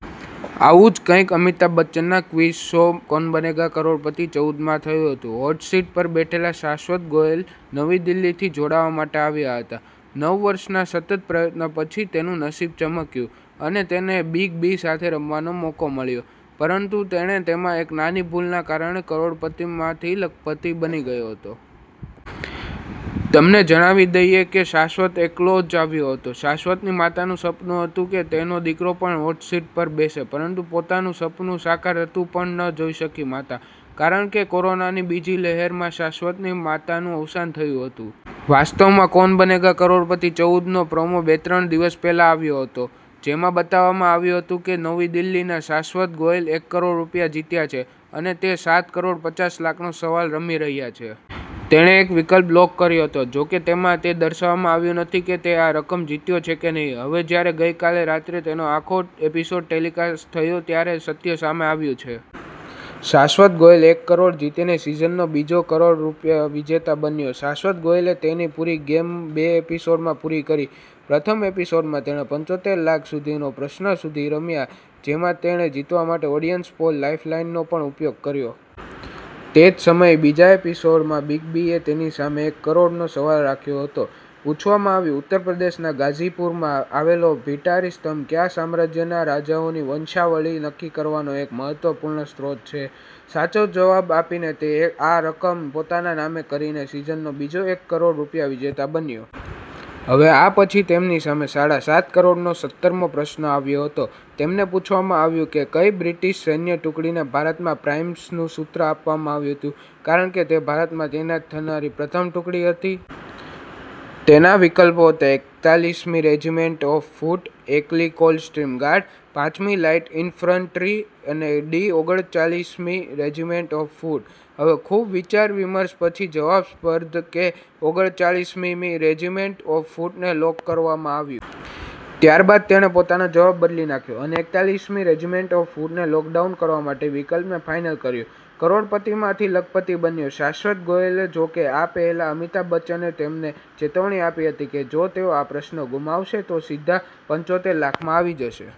આવું જ કંઈક અમિતાભ બચ્ચનના ક્વિઝ શો 'કૌન બનેગા કરોડપતિ ચૌદ 'માં થયું હતું. હોટ સીટ પર બેઠેલા શાશ્વત ગોયલ નવી દિલ્હીથી જોડાવા માટે આવ્યા હતા. નવ વર્ષના સતત પ્રયત્નો પછી, તેનું નસીબ ચમક્યું અને તેને બિગ બી સાથે રમવાનો મોકો મળ્યો, પરંતુ તેણે તેમાં એક નાની ભૂલના કારણે કરોડપતિ માંથી લખપતિ બની ગયો હતો. તમને જણાવી દઈએ કે, શાશ્વત એકલો જ આવ્યો હતો. શાશ્વતની માતાનું સપનું હતું કે, તેનો દીકરો પણ હોટસીટ પર બેસે પરંતુ પોતાનું સપનું સાકાર થતું પણ ન જોઈ શકી માતા. કારણ કે, કોરોનાની બીજી લહેરમાં શાશ્વતની માતાનું અવસાન થયું હતું. વાસ્તવમાં 'કૌન બનેગા કરોડપતિ ચૌદ'નો પ્રોમો બે-ત્રણ દિવસ પહેલા આવ્યો હતો. જેમાં બતાવવામાં આવ્યું હતું કે નવી દિલ્હીના શાશ્વત ગોયલ એક કરોડ રૂપિયા જીત્યા છે અને તે સાત કરોડ પચાસ લાખનો સવાલ રમી રહ્યા છે. તેણે એક વિકલ્પ લોક કર્યો હતો. જો કે, તેમાં તે દર્શાવવામાં આવ્યું નથી કે તે આ રકમ જીત્યો છે કે નહિ. હવે જ્યારે ગઈકાલે રાત્રે તેનો આખો એપિસોડ ટેલિકાસ્ટ થયો ત્યારે સત્ય સામે આવ્યું છે. શાશ્વત ગોયલ એક કરોડ જીતીને સિઝનનો બીજો કરોડ રૂપિયા વિજેતા બન્યો. શાસ્વત ગોયલે તેની પૂરી ગેમ બે એપિસોડમાં પૂરી કરી. પ્રથમ એપિસોડમાં, તેણે પંચોતેર લાખ સુધીનો પ્રશ્ન સુધી રમ્યા, જેમાં તેણે જીતવા માટે ઓડીયન્સ પોલ લાઈફલાઈનનો પણ ઉપયોગ કર્યો. તે જ સમયે, બીજા એપિસોડમાં બિગ બીએ તેમની સામે એક કરોડનો સવાલ રાખ્યો હતો. પૂછવામાં આવ્યું- ઉત્તર પ્રદેશના ગાઝીપુરમાં આવેલો ભીટારી સ્તંભ કયા સામ્રાજ્યના રાજાઓની વંશાવળી નક્કી કરવાનો એક મહત્વપૂર્ણ સ્ત્રોત છે? સાચો જવાબ આપીને તે આ રકમ પોતાના નામે કરીને સિઝનનો બીજો એક કરોડ રૂપિયા વિજેતા બન્યો. હવે આ પછી તેમની સામે સાડા સાત કરોડનો સત્તરમો પ્રશ્ન આવ્યો હતો. તેમને પૂછવામાં આવ્યું કે- કઈ બ્રિટિશ સૈન્ય ટુકડીને ભારતમાં પ્રાઈમસનું સૂત્ર આપવામાં આવ્યું હતું કારણ કે તે ભારતમાં તૈનાત થનારી પ્રથમ ટુકડી હતી? તેના વિકલ્પો હતા એકતાલીસ મી રેજિમેન્ટ ઓફ ફૂટ, એકલી કોલ્ડસ્ટ્રીમ ગાર્ડ, પાંચમી લાઇટ ઇન્ફન્ટ્રી અને ડી ઓગડચાળીસમી રેજિમેન્ટ ઓફ ફૂટ. હવે ખૂબ વિચાર-વિમર્શ પછી જવાબ, સ્પર્ધ કે ઓગડચાળીસમીમી રેજિમેન્ટ ઓફ ફૂટને લોક કરવાનું કહ્યું. ત્યારબાદ તેણે પોતાનો જવાબ બદલી નાખ્યો અને એકતાલીસમી રેજિમેન્ટ ઓફ ફૂટને લોક ડાઉન કરવા માટે વિકલ્પને ફાઈનલ કર્યો. કરોડપતિમાંથી લખપતિ બન્યો શાશ્વત ગોયલ જો કે, આ પહેલા અમિતાભ બચ્ચને તેમને ચેતવણી આપી હતી કે જો તેઓ આ પ્રશ્ન ગુમાવશે તો તેઓ સીધા પંચોતેર લાખમાં આવી જશે.